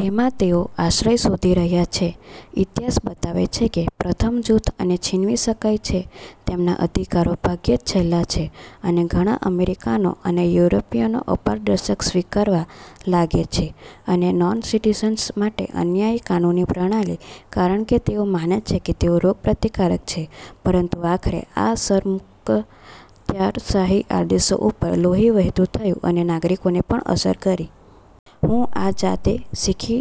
જેમાં તેઓ આશ્રય શોધી રહ્યા છે. ઇતિહાસ બતાવે છે કે પ્રથમ જૂથ અને છીનવી શકાય છે તેમના અધિકારો ભાગ્યે જ છેલ્લા છે અને ઘણા અમેરિકનો અને યુરોપિયનો અપારદર્શક સ્વીકારવા લાગે છે અને નોનસિટીઝન્સ માટે અન્યાયી કાનૂની પ્રણાલી, કારણ કે તેઓ માને છે કે તેઓ રોગપ્રતિકારક છે, પરંતુ આખરે આ સરમુખત્યારશાહી આદર્શો ઉપર લોહી વહેતું થયું અને નાગરિકોને પણ અસર કરે છે. હું આ જાતે શીખી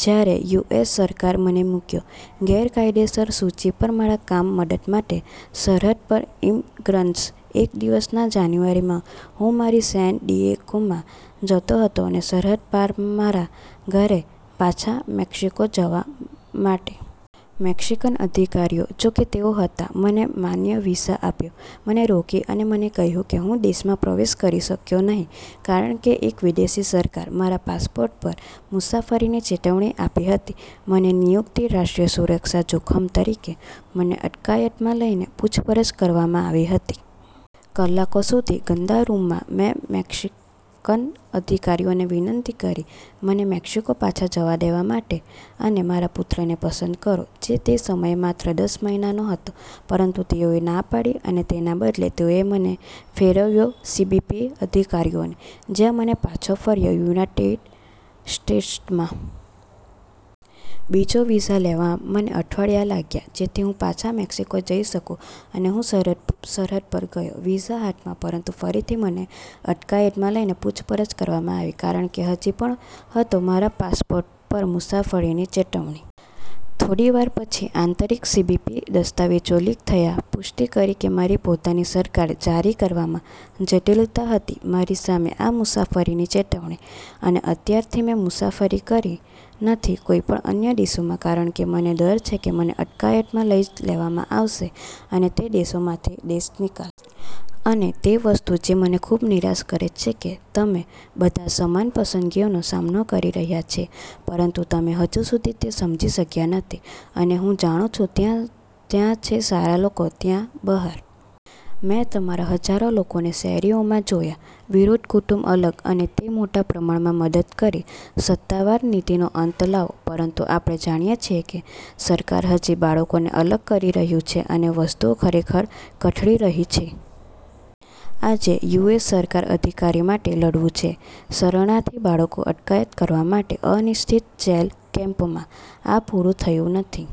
જ્યારે યુ. એસ. સરકારે મને મૂક્યો ગેરકાયદેસર સૂચિ પર મારા કામ મદદ માટે સરહદ પર ઇમિગ્રન્ટ્સ. એક દિવસ ના જાન્યુઆરીમાં હું મારી સેન ડિએગોમાં જતો હતો અને સરહદ પાર મારા ઘરે પાછા મેક્સિકો જવા માટે. મેક્સીકન અધિકારીઓ, જોકે તેઓ હતા મને માન્ય વીઝા આપ્યો, મને રોકી અને મને કહ્યું કે હું દેશમાં પ્રવેશ કરી શક્યો નહીં ,કારણ કે એક વિદેશી સરકાર મારા પાસપોર્ટ પર મુસાફરીની ચેતવણી આપી હતી, મને નિયુક્તિ રાષ્ટ્રીય સુરક્ષા જોખમ તરીકે મને અટકાયતમાં લઇને પૂછપરછ કરવામાં આવી હતી. કલાકો સુધી ગંદા રૂમમાં. મેં મેક્સીકન અધિકારીઓને વિનંતી કરી મને મેક્સિકો પાછા જવા દેવા માટે અને મારા પુત્રને પસંદ કરો, જે તે સમયે માત્ર દસ મહિનાનો હતો, પરંતુ તેઓએ ના પાડી અને તેના બદલે તેઓએ મને ફેરવ્યો સીબીપી અધિકારીઓને, જ્યાં મને પાછો ફર્યો યુનાઇટેડ સ્ટેટ્સમાં. બીજો વિઝા લેવામાં મને અઠવાડિયા લાગ્યાં, જેથી હું પાછા મેક્સિકો જઈ શકું અને હું સરહદ પર ગયો. વિઝા હાથમાં, પરંતુ ફરીથી મને અટકાયતમાં લઇને પૂછપરછ કરવામાં આવી કારણ કે હજી પણ હતો મારા પાસપોર્ટ પર મુસાફરીની ચેતવણી. થોડી વાર પછી, આંતરિક સીબીપી દસ્તાવેજો લીક થયા પુષ્ટિ કરી કે મારી પોતાની સરકાર જારી કરવામાં જટિલતા હતી મારી સામે આ મુસાફરીની ચેતવણી. અને ત્યારથી મેં મુસાફરી કરી નથી કોઈપણ અન્ય દેશોમાં, કારણ કે મને ડર છે કે મને અટકાયતમાં લઇ લેવામાં આવશે અને તે દેશોમાંથી દેશનિકાલ. અને તે વસ્તુ જે મને ખૂબ નિરાશ કરે છે કે તમે બધા સમાન પસંદગીનો સામનો કરી રહ્યા છે, પરંતુ તમે હજી સુધી તે સમજી શક્યા નથી અને હું જાણું છું, ત્યાં છે સારા લોકો ત્યાં બહાર. મેં તમારા હજારો લોકોને શેરીઓમાં જોયા, વિરોધ કુટુંબ અલગ અને તે મોટા પ્રમાણમાં મદદ કરી સત્તાવાર નીતિનો અંત લાવો, પરંતુ આપણે જાણીએ છીએ કે સરકાર હજી બાળકોને અલગ કરી રહ્યું છે અને વસ્તુઓ ખરેખર કથળી રહી છે. આજે, યુ. એસ. સરકાર અધિકાર માટે લડવું છે. શરણાર્થી બાળકો અટકાયત કરવા માટે અનિશ્ચિત જેલ કેમ્પમાં. આ પૂરું થયું નથી.